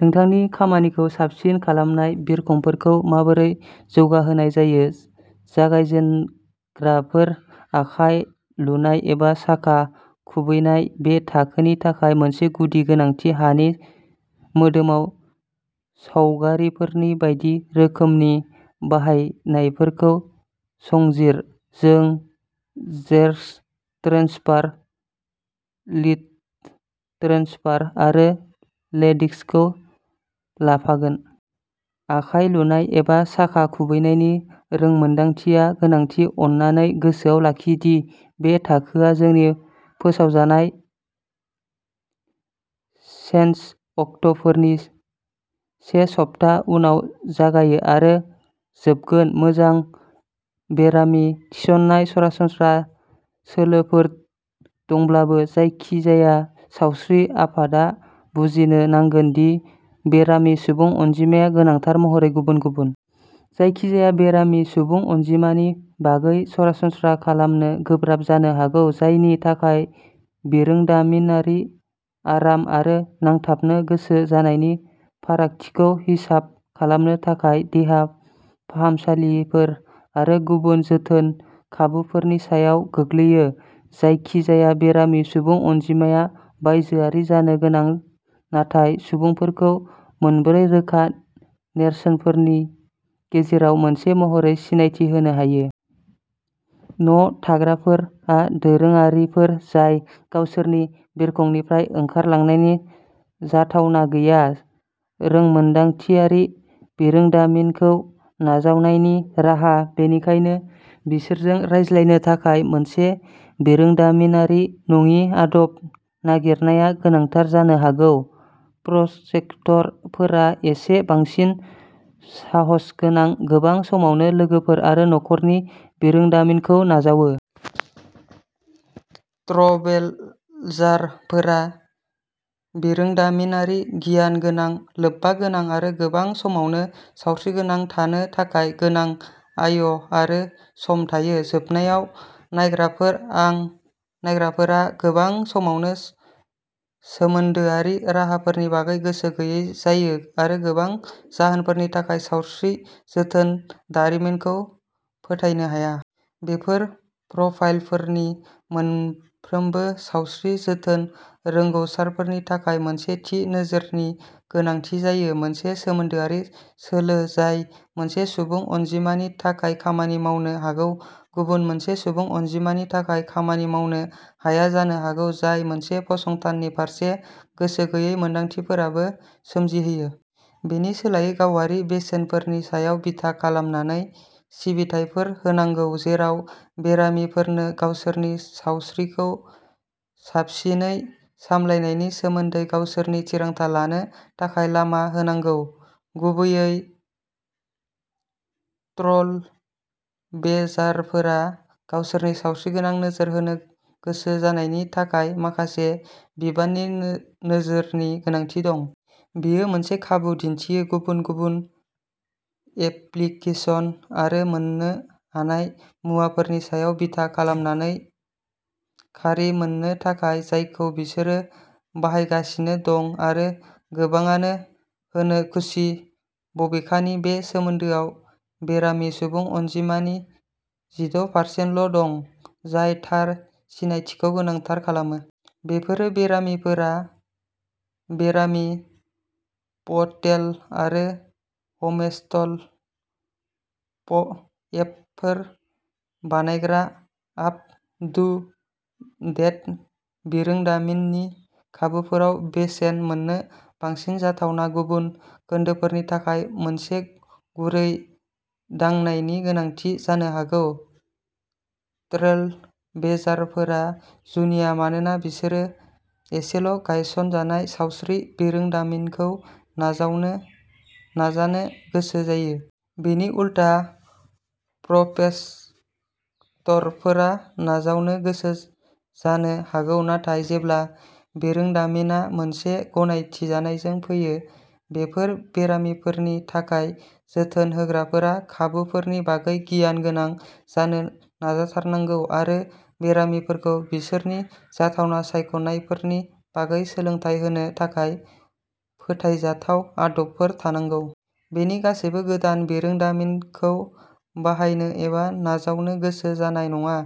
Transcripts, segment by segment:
नोंथांनि खामानिखौ साबसिन खालामनाय बिखंफोरखौ माबोरै जौगाहोनाय जायो। जागायजेनग्राफोर आखाइ लुनाय एबा साखा खुबैनाया बे थाखोनि थाखाय मोनसे गुदि गोनांथि। हानि मोदोमाव सावगारिफोरनि बायदि रोखोमनि बाहायनायफोरखौ संजिर। जों जेरक्स ट्रेन्सफार, लिथ'ट्रेन्सफार आरो डेकेल्सखौ लाफागोन। आखाइ लुनाय एबा साखा खुबैनायनि रोंमोनदांथिया गोनांथि। अन्नानै गोसोआव लाखि दि बे थाखोआ जोंनि फोसावजानाय सेसन अक्टफोरनि से सप्ता उनाव जागायो आरो जोबगोन। मोजां बेरामि थिसननायाव सरासनस्रा सोलोफोर दंब्लाबो, जायखिजाया सावस्रि आफादा बुजिनो नांगोन दि बेरामि सुबुं अनजिमाया गोनांथार महरै गुबुन-गुबुन। जायखिजाया बेरामि सुबुं अनजिमानि बागै सरासनस्रा खालामनो गोब्राब जानो हागौ, जायनि थाखाय बिरोंदामिनारि आराम आरो नांथाबनो गोसो जानायनि फारागथिखौ हिसाब खालामनो थाखाय देहा फाहामसालिफोर आरो गुबुन जोथोन खाबुफोरनि सायाव गोग्लैयो। जायखिजाया बेरामि सुबुं अनजिमाया बायजोआरि जानो गोनां, नाथाय सुबुंफोरखौ मोनब्रै रोखा नेरसोनफोरनि गेजेराव मोनसे महरै सिनायथि होनो हायो। "न'थाग्राफोर" आ दोरोङारिफोर जाय गावसोरनि बिखंनिफ्राय ओंखारलांनायनि जाथावना गैया। सोमोन्दोआरि बिरोंदामिनखौ नाजावनायनि राहा-बेनिखायनो बिसोरजों रायज्लायनो थाखाय मोनसे बिरोंदामिनारि नङि आदब नागिरनाया गोनांथार जानो हागौ। प्रस्पेक्टर फोरा एसे बांसिन साहसगोनां, गोबां समावनो लोगोफोर आरो नखरनि सुबुरुनफोरनि सायाव बिथा खालामनानै बिरोंदामिनखौ नाजावो। ट्रेलब्लेजार फोरा बिरोंदामिनारि गियान गोनां, लोब्बा गोनां, आरो गोबां समावनो सावस्रिगोनां थानो थाखाय गोनां आय आरो सम थायो। जोबनायाव, नायग्राफोर आ गोबां समावनो सोमोन्दोआरि राहाफोरनि बागै गोसो गैयै जायो, आरो गोबां जाहोनफोरनि थाखाय सावस्रि जोथोन दारिमिनखौ फोथायनो हाया। बेफोर प्रफाइलफोरनि मोनफ्रोमबो सावस्रि जोथोन रोंग'साफोरनि थाखाय मोनसे थि नोजोरनि गोनांथि जायो। मोनसे सोमोन्दोआरि सोलो जाय मोनसे सुबुं अनजिमानि थाखाय खामानि मावनो हागौ, गुबुन मोनसे सुबुं अनजिमानि थाखाय खामानि मावनो हाया जानो हागौ, जाय मोनसे फसंथाननि फारसे गोसो गैयै मोन्दांथिफोरबो सोमजिहोयो। बेनि सोलायै, गावारि बेसेनफोरनि सायाव बिथा खालामनानै सिबिथाइफोर होनांगौ, जेराव बेरामिफोरनो गावसोरनि सावस्रिखौ साबसिनै सामलायनायनि सोमोन्दै गावसोरनि थिरांथा लानो थाखाय लामा होनांगौ। गुबैयै, ट्रेलब्लेजारफोरा गावसोरनि सावस्रिखौ नोजोर होनो गोसो जानायनि थाखाय माखासे बिबांनि नोजोरनि गोनांथि दं। बेयो मोनसे खाबु दिन्थियो। गुबुन गुबुन एप्लिकेसन आरो गान्नो हानाय मुवाफोरनि सायाव बिथा खालामनानै खारि मोननो थाखाय, जायखौ बिसोरो बाहायगासिनो दं-आरो गोबांआनो होनो खुसि। बबेखानि, बे खोन्दोआव बेरामि सुबुं अनजिमानि जिद'% ल' दं, जाय थार सिनायथिखौ गोनांथार खालामो। बेफोर बेरामिफोरा बेरामि पर्टेल आरो एमहेल्थ एपफोर बानायग्रा आप-टु-डेट बिरोंदामिननि खाबुफोराव बेसेन मोन्नो बांसिन जाथावना। गुबुन खोन्दोफोरनि थाखाय, मोनसे गुरै दांनायनि गोनांथि जानो हागौ। ट्रेलब्लेजारफोरा जुनिया मानोना बिसोरो एसेल'गायसनजानाय सावस्रि बिरोंदामिनखौ नाजानो गोसो जायो। बिनि उलथा, प्रस्पेक्टरफोरा नाजावनो गोसो जानो हागौ, नाथाय जेब्ला बिरोंदामिनआ मोनसे गनायथिनायजों फैयो। बेफोर बेरामिफोरनि थाखाय, जोथोन होग्राफोरा खाबुफोरनि बागै गियान गोनां जानो नाजाथारनांगौ आरो बेरामिफोरखौ बिसोरनि जाथावना सायख'नायफोरनि बागै सोलोंथाय होनो थाखाय फोथायजाथाव आदबफोर थानांगौ। बेबादि, गासैबो गोदान बिरोंदामिनखौ बाहायनो एबा नाजावनो गोसो जानाय नङा।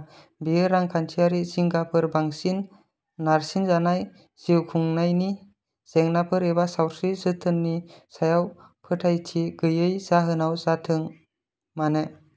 बेयो रांखान्थियारि जिंगाफोर, बांसिन नारसिननाय जिउखुंनायनि जेंनाफोर, एबा सावस्रि जोथोननि सायाव फोथायथि गैयैनि जाहोनाव जाथों मानो,